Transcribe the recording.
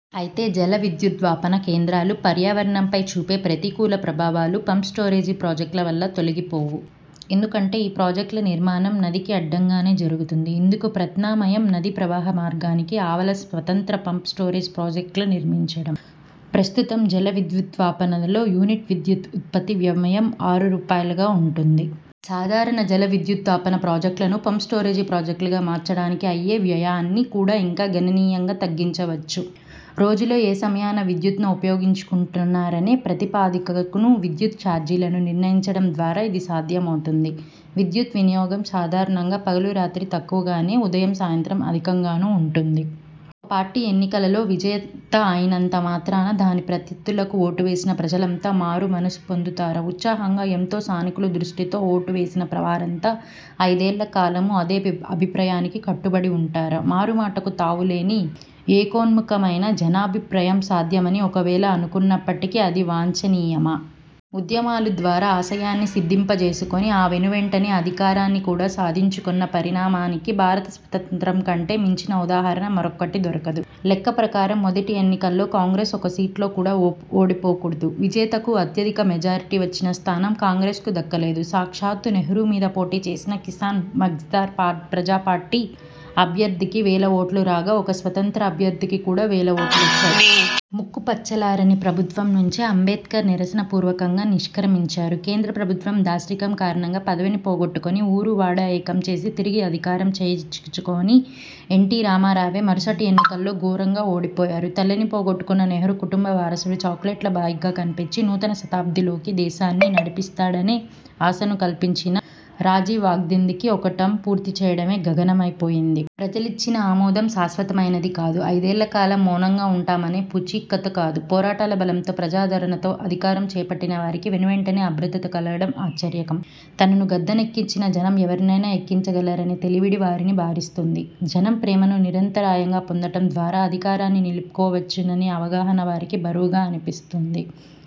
అయితే జల విద్యుదుత్పాదన కేంద్రాలు పర్యావరణంపై చూపే ప్రతికూల ప్రభావాలు పంప్– స్టోరేజి ప్రాజెక్టుల వల్ల తొలగిపోవు. ఎందుకంటే ఈ ప్రాజెక్ట్ల నిర్మాణమూ నదికి అడ్డంగానే జరుగుతుంది. ఇందుకు ప్రత్యామ్నాయం నదీ ప్రవాహ మార్గానికి ఆవల స్వతంత్ర పంప్– స్టోరేజి ప్రాజెక్టులు నిర్మించడం. ప్రస్తుతం జల విద్యుదుత్పాదనలో యూనిట్ విద్యుత్ ఉత్పత్తి వ్యయం ఆరు రూపాయలుగా వుంటుంది. సాధారణ జల విద్యుదుత్పాదన ప్రాజెక్టులను పంప్– స్టోరేజి ప్రాజెక్టులుగా మార్చడానికి అయ్యే వ్యయాన్ని కూడా ఇంకా గణనీయంగా తగ్గించవచ్చు. రోజులో ఏ సమయాన విద్యుత్తును ఉపయోగించుకుంటున్నారనే ప్రాతిపదికన విద్యుత్తు చార్జీలను నిర్ణయించడం ద్వారా ఇది సాధ్యమవుతుంది. విద్యుత్ వినియోగం సాధారణంగా పగలు, రాత్రి తక్కువగాను, ఉదయం, సాయంత్రం అధికంగాను ఉంటుంది. ఒక పార్టీ ఎన్నికలలో విజేత అయినంత మాత్రాన, దాని ప్రత్యర్థులకు ఓటు వేసిన ప్రజలంతా మారు మనసు పొందుతారా? ఉత్సాహంగా ఎంతో సానుకూల దృష్టితో ఓటు వేసిన వారంతా అయిదేళ్ల కాలమూ అదే అభిప్రాయానికి కట్టుబడి ఉంటారా? మారు మాటకే తావు లేని ఏకోన్ముఖమైన జనాభిప్రాయం సాధ్యమని ఒకవేళ అనుకున్నప్పటికీ, అది వాంఛనీయమా? ఉద్యమాల ద్వారా ఆశయాన్ని సిద్ధింపజేసుకుని, ఆ వెనువెంటనే అధికారాన్ని కూడా సాధించుకున్న పరిణామానికి భారత స్వాతంత్య్రం కంటే మించిన ఉదాహరణ మరొకటి దొరకదు. లెక్కప్రకారం మొదటి ఎన్నికల్లో కాంగ్రెస్ ఒక్క సీట్లో కూడా ఓడిపోకూడదు. విజేతకు అత్యధిక మెజారిటీ వచ్చిన స్థానం కాంగ్రెస్కు దక్కలేదు. సాక్షాత్తూ నెహ్రూ మీద పోటీచేసిన కిసాన్ మజ్దూర్ ప్రజాపార్టీ అభ్యర్థికి వేల ఓట్లు రాగా, ఒక స్వతంత్ర అభ్యర్థికి కూడా వేల ఓట్లొచ్చాయి. ముక్కుపచ్చలారని ప్రభుత్వం నుంచే అంబేడ్కర్ నిరసన పూర్వకంగా నిష్క్రమించారు. కేంద్రప్రభుత్వం దాష్టీకం కారణంగా పదవిని పోగొట్టుకుని, ఊరూవాడా ఏకం చేసి తిరిగి అధికారం చేజిక్కించుకున్న ఎన్టీరామారావే మరుసటి ఎన్నికల్లో ఘోరంగా ఓడిపోయారు. తల్లిని పోగొట్టుకున్న నెహ్రూ కుటుంబ వారసుడు, చాక్లెట్ బాయ్గా కనిపించి నూతన శతాబ్దిలోకి దేశాన్ని నడిపిస్తాడనే ఆశను కల్పించిన రాజీవ్గాంధీకి ఒక్క టర్మ్ పూర్తిచేయడమే గగనమై పోయింది. ప్రజలు ఇచ్చిన ఆమోదం శాశ్వతమైనదీ కాదు, అయిదేళ్ల కాలం మౌనంగా ఉంటామనే పూచీకత్తూ కాదు. పోరాటాల బలంతో, ప్రజాదరణతో అధికారం చేపట్టిన వారికి, వెనువెంటనే అభద్రత కలగడమే ఆశ్చర్యకరం. తనను గద్దెనెక్కించిన జనం ఎవరినైనా ఎక్కించగలరనే తెలివిడి వారిని బాధిస్తుంది. జనం ప్రేమను నిరంతరాయంగా పొందడం ద్వారా అధికారాన్ని నిలుపుకోవచ్చుననే అవగాహన వారికి బరువుగా అనిపిస్తుంది.